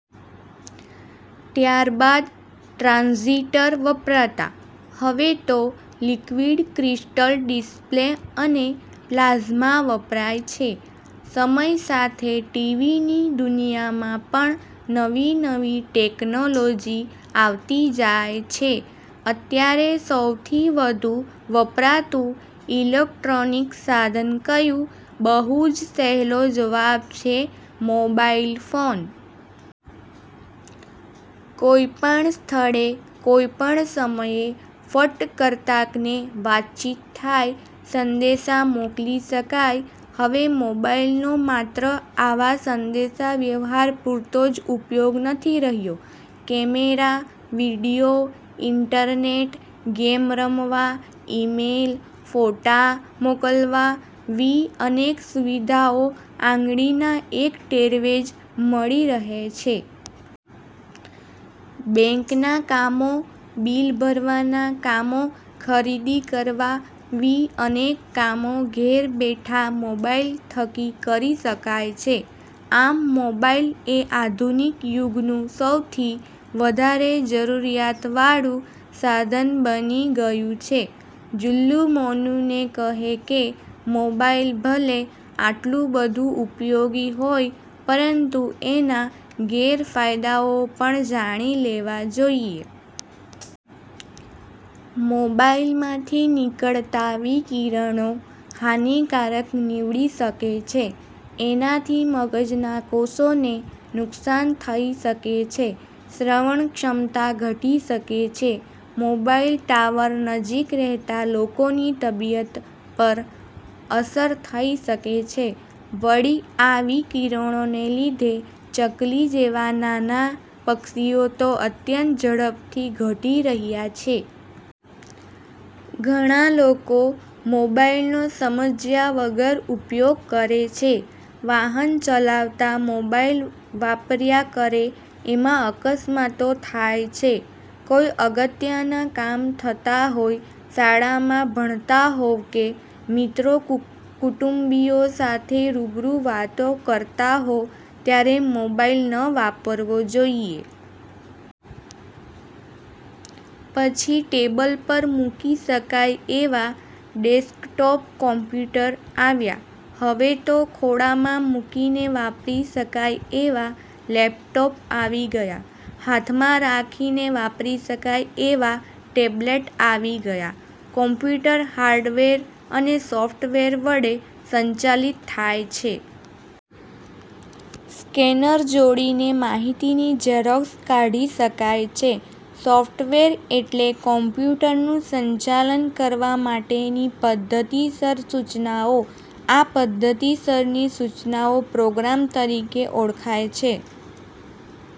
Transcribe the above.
ત્યાર બાદ ટ્રાન્ઝીટર વપરાતાં. હવે તો લીક્વીડ ક્રિસ્ટલ ડિસ્પ્લે અને પ્લાઝમા વપરાય છે. સમય સાથે ટીવીની દુનિયામાં પણ નવી નવી ટેકનોલોજી આવતી જાય છે. અત્યારે સૌથી વધુ વપરાતું ઈલેક્ટ્રોનિક સાધન કયું? બહુ જ સહેલો જવાબ છે મોબાઈલ ફોન! કોઈ પણ સ્થળે, કોઈ પણ સમયે ફટ કરતાંકને વાતચીત થાય, સંદેશા મોકલી શકાય. હવે મોબાઈલનો માત્ર આવા સંદેશા વ્યવહાર પુરતો જ ઉપયોગ નથી રહ્યો. કેમેરા, વિડીયો, ઈન્ટરનેટ, ગેમ રમવા, ઈમેલ, ફોટા મોકલવા વિ અનેક સુવિધાઓ આંગળીના એક ટેરવે જ મળી રહે છે. બેંકના કામો, બીલ ભરવાના કામો, ખરીદી કરવા વિ અનેક કામો ઘેર બેઠાં મોબાઈલ થકી કરી શકાય છે. આમ મોબાઈલ એ આધુનિક યુગનું સૌથી વધારે જરૂરીયાત વાળું સાધન બની ગયું છે. જુલ્લુ મોનુને કહે કે મોબાઈલ ભલે આટલું બધું ઉપયોગી હોય પરંતુ એના ગેરફાયદાઓ પણ જાણી લેવા જોઈએ. મોબાઈલમાંથી નીકળતા વિકિરણો હાનીકારક નીવડી શકે છે. એનાથી મગજના કોષોને નુકસાન થઇ શકે છે, શ્રવણ ક્ષમતા ઘટી શકે છે. મોબાઈલ ટાવર નજીક રહેતા લોકોની તબિયત પર અસર થઇ શકે છે. વળી આ વિકિરણોને લીધે ચકલી જેવાં નાનાં પક્ષીઓ તો અત્યંત ઝડપથી ઘટી રહ્યાં છે. ઘણા લોકો મોબાઈલનો સમજ્યા વગર ઉપયોગ કરે છે. વાહન ચલાવતાં મોબાઈલ વાપર્યા કરે એમાં અકસ્માતો થાય છે. કોઈ અગત્યના કામ થતા હોય, શાળામાં ભણતા હોવ કે મિત્રો-કુટુંબીઓ સાથે રૂબરૂ વાતો કરતા હો ત્યારે મોબાઈલ ન વાપરવો જોઈએ. પછી ટેબલ પર મૂકી શકાય એવા ડેસ્કટોપ કોમ્પુટર આવ્યા. હવે તો ખોળામાં મુકીને વાપરી શકાય એવા લેપટોપ આવી ગયા. હાથમાં રાખીને વાપરી શકાય એવા ટેબ્લેટ આવી ગયા. કોમ્પ્યુટર હાર્ડવેર અને સોફ્ટવેર વડે સંચાલિત થાય છે. સ્કેનર જોડીને માહિતીની ઝેરોક્ષ કાઢી શકાય છે. સોફ્ટવેર એટલે કોમ્પ્યુટરનું સંચાલન કરવા માટેની પધ્ધતિસર સૂચનાઓ. આ પધ્ધતિસરની સૂચનાઓ પ્રોગ્રામ તરીકે ઓળખાય છે.